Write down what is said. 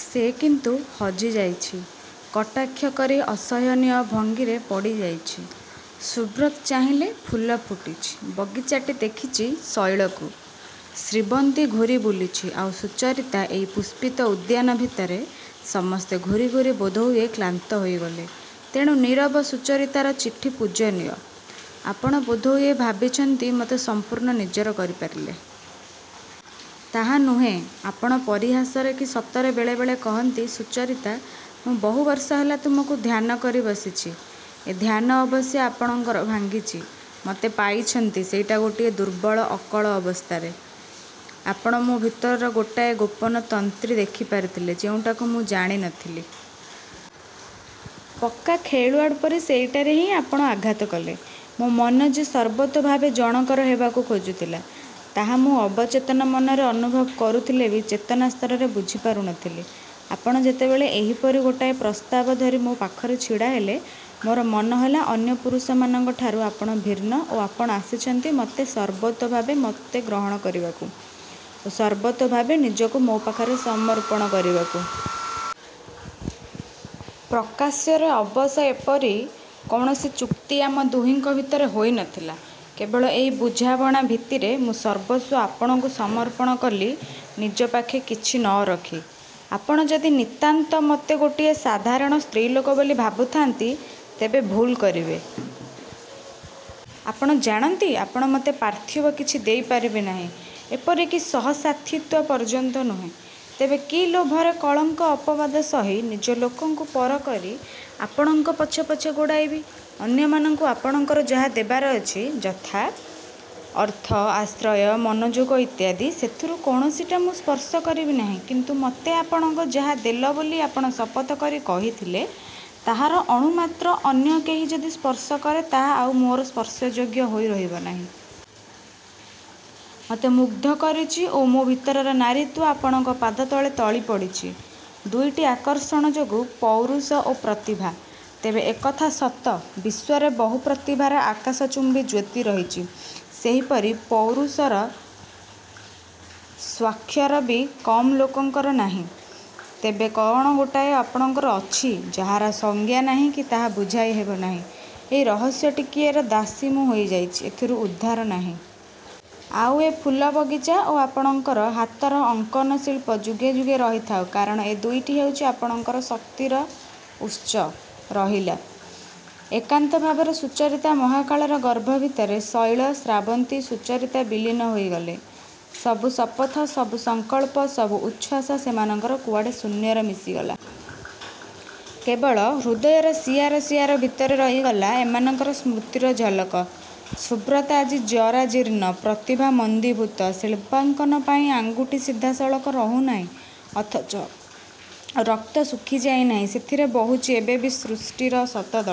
ସେ କିନ୍ତୁ ହଜିଯାଇଛି, କଟାକ୍ଷ କରି ଅସହନୀୟ ଭଙ୍ଗୀରେ ପଡ଼ିଯାଇଛି। ସୁବ୍ରତ ଚାହିଁଲେ। ଫୁଲ ଫୁଟିଛି। ବଗିଚାଟି ଦେଖିଛି ଶୈଳକୁ। ଶ୍ରାବନ୍ତୀ ଘୂରିବୁଲିଛି, ଆଉ ସୁଚରିତା… ଏଇ ପୁଷ୍ପିତ ଉଦ୍ୟାନ ଭିତରେ–ସମସ୍ତେ ଘୂରି ଘୂରି ବୋଧହୁଏ କ୍ଳାନ୍ତ ହୋଇଗଲେ–ତେଣୁ ନୀରବ। ସୁଚରିତାର ଚିଠି… ପୂଜନୀୟ! ଆପଣ ବୋଧହୁଏ ଭାବଛନ୍ତି ମତେ ସଂପୂର୍ଣ୍ଣ ନିଜର କରିପାରିଲେ। ତାହା ନୁହେଁ। ଆପଣ ପରିହାସରେ କି ସତରେ ବେଳେବେଳେ କହନ୍ତି-'ସୁଚରିତା, ମୁଁ ବହୁ ବର୍ଷ ହେଲା ତୁମକୁ ଧ୍ୟାନ କରି ବସିଛି। ' ଏ ଧ୍ୟାନ ଅବଶ୍ୟ ଆପଣଙ୍କର ଭାଙ୍ଗିଛି। ମତେ ପାଇଛନ୍ତି। ସେଇଟା ଗୋଟାଏ ଦୁର୍ବଳ ଅକଳ ଅବସ୍ଥାରେ। ଆପଣ ମୋ ଭିତରର ଗୋଟାଏ ଗୋପନ ତନ୍ତ୍ରୀ ଦେଖିପାରିଥିଲେ, ଯେଉଁଟାକୁ ମୁଁ ଜାଣିନଥିଲି। ପକ୍କା ଖେଳୱାଡ଼ ପରି ସେଇଟାରେ ହଁ ଆପଣ ଆଘାତ କଲେ। ମୋ ମନ ଯେ ସର୍ବତୋଭାବେ ଜଣକର ହେବାକୁ ଖୋଜୁଥିଲା, ତାହା ମୁଁ ଅବଚେତନ ମନରେ ଅନୁଭବ କରୁଥିଲେ ବି ଚେତନା ସ୍ତରରେ ବୁଝିପାରୁନଥିଲି। ଆପଣ ଯେତବେଳେ ଏହିପରି ଗୋଟାଏ ପ୍ରସ୍ତାବ ଧରି ମୋ ପାଖରେ ଛିଡ଼ାହେଲେ, ମୋର ମନେହେଲା ଅନ୍ୟ ପୁରୁଷମାନଙ୍କଠାରୁ ଆପଣ ଭିନ୍ନ ଓ ଆପଣ ଆସିଛନ୍ତି ସର୍ବତୋଭାବେ ମତେ ଗ୍ରହଣ କରିବାକୁ ଓ ସର୍ବତୋଭାବେ ନିଜକୁ ମୋ ପାଖରେ ସମର୍ପଣ କରିବାକୁ। ପ୍ରକାଶ୍ୟରେ ଅବଶ୍ୟ ଏପରି କୌଣସି ଚୁକ୍ତି ଆମ ଦୁହିଁଙ୍କ ଭିତରେ ହୋଇନଥିଲା। କେବଳ ଏହି ବୁଝାମଣା ଭିତ୍ତିରେ ମୁଁ ସର୍ବସ୍ୱ ଆପଣଙ୍କୁ ସମର୍ପଣ କଲି ନିଜ ପାଖେ କିଛି ନରଖି। ଆପଣ ଯଦି ନିତାନ୍ତ ମତେ ଗୋଟାଏ ସାଧାରଣ ସ୍ତ୍ରୀଲୋକ ବୋଲି ଭାବୁଥାନ୍ତି, ତେବେ ଭୁଲ୍ କରିବେ। ଆପଣ ଜାଣନ୍ତି, ଆପଣ ମତେ ପାର୍ଥିବ କିଛି ଦେଇପାରିବେ ନାହିଁ। ଏପରିକି ସହସାଥିତ୍ଵ ପର୍ଯ୍ୟନ୍ତ ନୁହେଁ। ତେବେ କି ଲୋଭରେ କଳଙ୍କ ଅପବାଦ ସହି ନିଜ ଲୋକଙ୍କୁ ପରକରି ଆପଣଙ୍କ ପଛେ ପଛେ ଗୋଡ଼ାଇବି? ଅନ୍ୟମାନଙ୍କୁ ଆପଣଙ୍କର ଯାହା ଦେବାର ଅଛି, ଯଥା ଅର୍ଥ, ଆଶ୍ରୟ, ମନୋଯୋଗ ଇତ୍ୟାଦି… ସେଥିରୁ କୌଣସିଟା ମୁଁ ସ୍ପର୍ଶ କରିବିନାହିଁ; କିନ୍ତୁ ମୋତେ ଆପଣଙ୍କ ଯାହା ଦେଲବୋଲି ଆପଣ ଶପଥ କରି କହିଥିଲେ, ତାହାର ଅଣୁ ମାତ୍ର ଅନ୍ୟ କେହି ଯଦି ସ୍ପର୍ଶ କରେ, ତାହା ଆଉ ମୋର ସ୍ପର୍ଶଯୋଗ୍ୟ ହୋଇ ରହିବନାହିଁ। ମତେ ମୁଗ୍ଧ କରିଛି ଓ ମୋ ଭିତରର ନାରୀତ୍ୱ ଆପଣଙ୍କ ପାଦତଳେ ଢଳିପଡ଼ିଛି ଦୁଇଟି ଆକର୍ଷଣ ଯୋଗୁ-ପୌରୁଷ ଓ ପ୍ରତିଭା। ତେବେ ଏକଥା ସତ, ବିଶ୍ୱରେ ବହୁ ପ୍ରତିଭାର ଆକାଶଚୁମ୍ୱୀ ଜ୍ୟୋତି ରହିଛି, ସେହିପରି ପୌରୁଷର ସ୍ୱାକ୍ଷର ବି କମ୍ ଲୋକଙ୍କର ନାହିଁ। ତେବେ କଅଣ ଗୋଟାଏ ଆପଣଙ୍କର ଅଛି, ଯାହାର ସଂଜ୍ଞା ନାହିଁ କି ତାହା ବୁଝାଇ ହେବନାହିଁ… ଏହି ରହସ୍ୟ ଟିକିକର ଦାସୀ ମୁଁ ହୋଇଯାଇଛି–ଏଥିରୁ ଉଦ୍ଧାର ନାହିଁ। ଆଉ ଏ ଫୁଲ ବଗିଚା ଓ ଆପଣଙ୍କ ହାତର ଅଙ୍କନଶିଳ୍ପ–ଯୁଗେ ଯୁଗେ ରହିଥାଉ; କାରଣ ଏ ଦୁଇଟି ହେଉଛି ଆପଣଙ୍କର ଶକ୍ତିର ଉତ୍ସ ରହିଲି। ଏକାନ୍ତ ଭାବରେ ସୁଚରିତା ମହାକାଳର ଗର୍ଭ ଭିତରେ ଶୈଳ, ଶ୍ରାବନ୍ତୀ, ସୁଚରିତା ବିଲୀନ ହୋଇଗଲେ। ସବୁ ଶପଥ, ସବୁ ସଂକଳ୍ପ, ସବୁ ଉଚ୍ଛ୍ୱାସ ସେମାନଙ୍କର କୁଆଡ଼େ ଶୂନ୍ୟରେ ମିଶିଗଲା। କେବଳ ହୃଦୟର ସିଆର ସିଆର ଭିତରେ ରହିଗଲା ଏମାନଙ୍କର ସ୍ମୃତିର ଝଲକ। ସୁବ୍ରତ ଆଜି ଜରାଜୀର୍ଣ୍ଣ। ପ୍ରତିଭା ମନ୍ଦୀଭୂତ। ଶିଳ୍ପାଙ୍କନ ପାଇଁ ଆଙ୍ଗୁଠି ସିଧା ସଳଖ ରହୁନାଇଁ; ଅଥଚ ରକ୍ତ ଶୁଖି ଯାଇ ନାହିଁ। ସେଥିରେ ବହୁଛି ଏବେ ବି ସୃଷ୍ଟିର ଶତଦଳ।